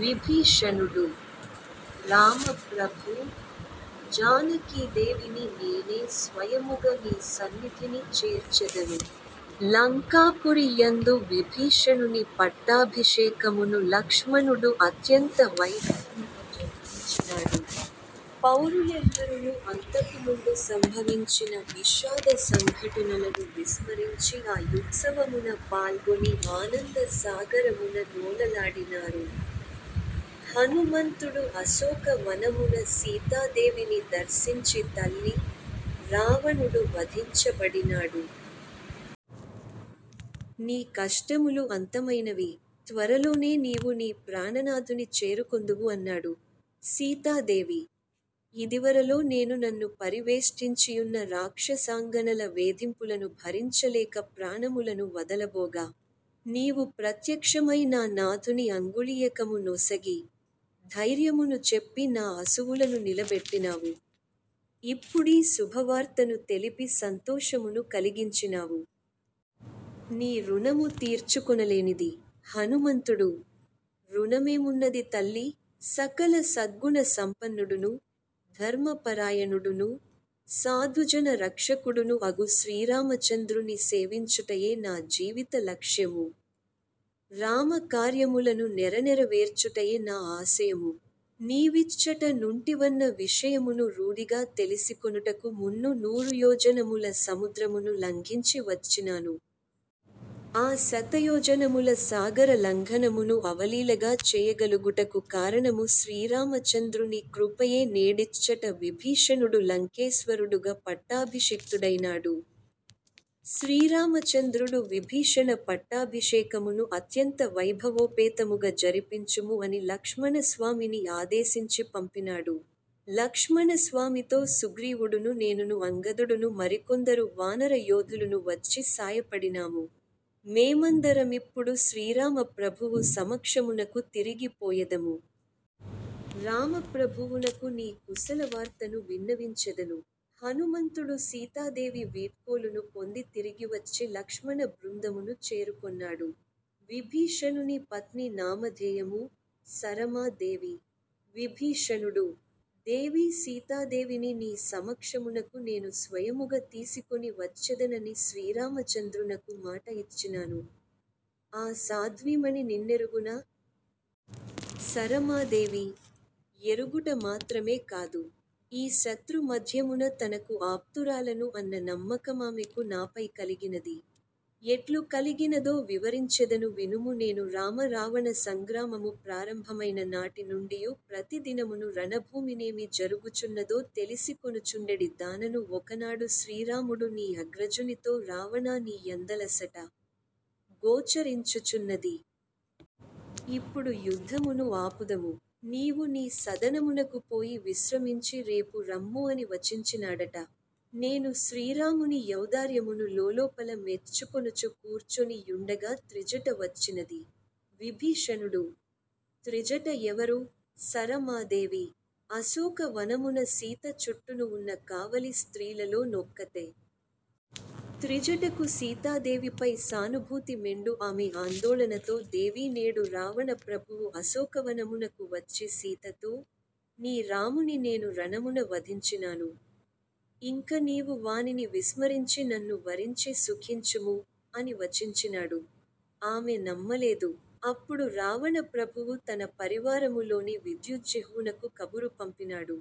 విభీషణుడు: రామప్రభూ, జానకీదేవిని నేనే స్వయముగ నీ సన్నిధిని చేర్చెదను. లంకాపురి యందు విభీషణుని పట్టాభిషేకమును లక్ష్మణుడు అత్యంత వైభవముగ జరిపించినాడు. పౌరులెల్లరును అంతకుముందు సంభవించిన విషాద సంఘటనలను విస్మరించి ఆ యుత్సవమున పాల్గొని ఆనంద సాగరమున నోలలాడినారు. హనుమంతుడు అశోక వనమున సీతాదేవిని దర్శించి తల్లీ, రావణుడు వధించబడినాడు. నీ కష్టములు అంతమైనవి. త్వరలోనే నీవు నీ ప్రాణనాథుని చేరుకొందువు అన్నాడు. సీతాదేవి: ఇదివరలో నేను నన్ను పరివేష్టించియున్న రాక్షసాంగనల వేధింపులను భరించలేక ప్రాణములను వదలబోగా, నీవు ప్రత్యక్షమై నా నాథుని అంగుళీయకము నొసగి, ధైర్యమును చెప్పి నా అసువులను నిలబెట్టినావు. ఇప్పుడీ శుభవార్తను తెలిపి సంతోషమును కలిగించినావు. నీ ఋణము తీర్చుకొనలేనిది. హనుమంతుడు: ఋణమేమున్నది తల్లీ? సకల సద్గుణ సంపన్నుడును, ధర్మపరాయణుడును, సాధుజన రక్షకుడును అగు శ్రీరామచంద్రుని సేవించుటయే నా జీవిత లక్ష్యము; రామ కార్యములను నెరనెరవేర్చుటయె నా ఆశయము. నీవిచ్చట నుంటివన్న విషయమును రూఢిగా తెలిసికొనుటకు మున్ను నూరుయోజనముల సముద్రమును లంఘించి వచ్చినాను. ఆ శతయోజనముల సాగర లంఘనమును అవలీలగా చేయగలుగుటకు కారణము శ్రీరామచంద్రుని కృపయే నేడిచ్చట విభీషణుడు లంకేశ్వరుడుగ పట్టాభిషిక్తుడైనాడు. శ్రీరామచంద్రుడు విభీషణ పట్టాభిషేకమును అత్యంత వైభవోపేతముగ జరిపించుము అని లక్ష్మణస్వామిని ఆదేశించి పంపినాడు. లక్ష్మణస్వామితో సుగ్రీవుడును నేనును అంగదుడును మరికొందరు వానర యోధులును వచ్చి సాయపడినాము. మేమందరమిప్పుడు శ్రీరామ ప్రభువు సమక్షమునకు తిరిగి పోయెదము. రామప్రభువునకు నీ కుశలవార్తను విన్నవించెదను. హనుమంతుడు సీతాదేవి వీడ్కోలును పొంది తిరిగివచ్చి లక్ష్మణ బృందమును చేరుకొన్నాడు. విభీషణుని పత్ని నామధేయము 'సరమా దేవి'. విభీషణుడు: దేవీ సీతాదేవిని నీ సమక్షమునకు నేను స్వయముగ తీసికొని వచ్చెదన ని శ్రీరామచంద్రునకు మాట ఇచ్చినాను. ఆ సాధ్వీమణి నిన్నెఱుగునా? సరమాదేవి: ఎఱుగుట మాత్రమే కాదు. ఈ శత్రు మధ్యమున తనకు ఆప్తురాలను అన్న నమ్మకమామెకు నాపై కలిగినది. ఎట్లు కలిగినదో వివరించెదను వినుము నేను రామ రావణ సంగ్రామము ప్రారంభమైన నాటి నుండియూ ప్రతి దినమును రణభూమినేమి జరుగుచున్నదో తెలిసికొనుచుండెడి దానను ఒకనాడు శ్రీరాముడు నీ అగ్రజునితో రావణా నీ యందలసట గోచరించుచున్నది. ఇప్పుడు యుద్ధమును ఆపుదము. నీవు నీ సదనమునకు పోయి విశ్రమించి రేపు రమ్ము అని వచించినాడట. నేను శ్రీరాముని యౌదార్యమును లోలోపల మెచ్చుకొనుచు కూర్చొని యుండగా త్రిజట వచ్చినది. విభీషణుడు: త్రిజట ఎవరు? సరమాదేవి: అశోక వనమున సీత చుట్టును ఉన్న కావలి స్త్రీలలో నొక్కతె. త్రిజటకు సీతాదేవిపై సానుభూతి మెండు ఆమె ఆందోళనతో దేవీ నేడు రావణ ప్రభువు అశోకవనమునకు వచ్చి సీతతో, నీ రాముని నేను రణమున వధించినాను. ఇంక నీవు వానిని విస్మరించి నన్ను వరించి సుఖించుము' అని వచించినాడు. ఆమె నమ్మలేదు. అప్పుడు రావణ ప్రభువు తన పరివారము లోని విద్యుజ్జిహ్వునకు కబురు పంపినాడు.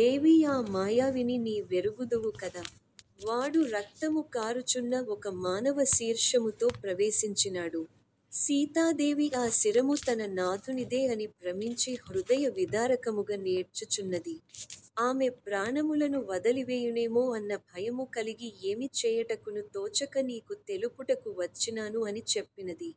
దేవీ ఆ మాయావిని నీ వెఱుగుదువు కద. వాడు రక్తము కాఱుచున్న ఒక మానవ శీర్షము తో ప్రవేశించినాడు. సీతాదేవి ఆ శిరము తన నాథునిదే అని భ్రమించి హృదయ విదారకముగ నేడ్చుచున్నది. ఆమె ప్రాణములను వదలివేయునేమో అన్న భయము కలిగి ఏమి చేయటకును తోచక నీకు తెలుపుటకు వచ్చినాను అని చెప్పినది.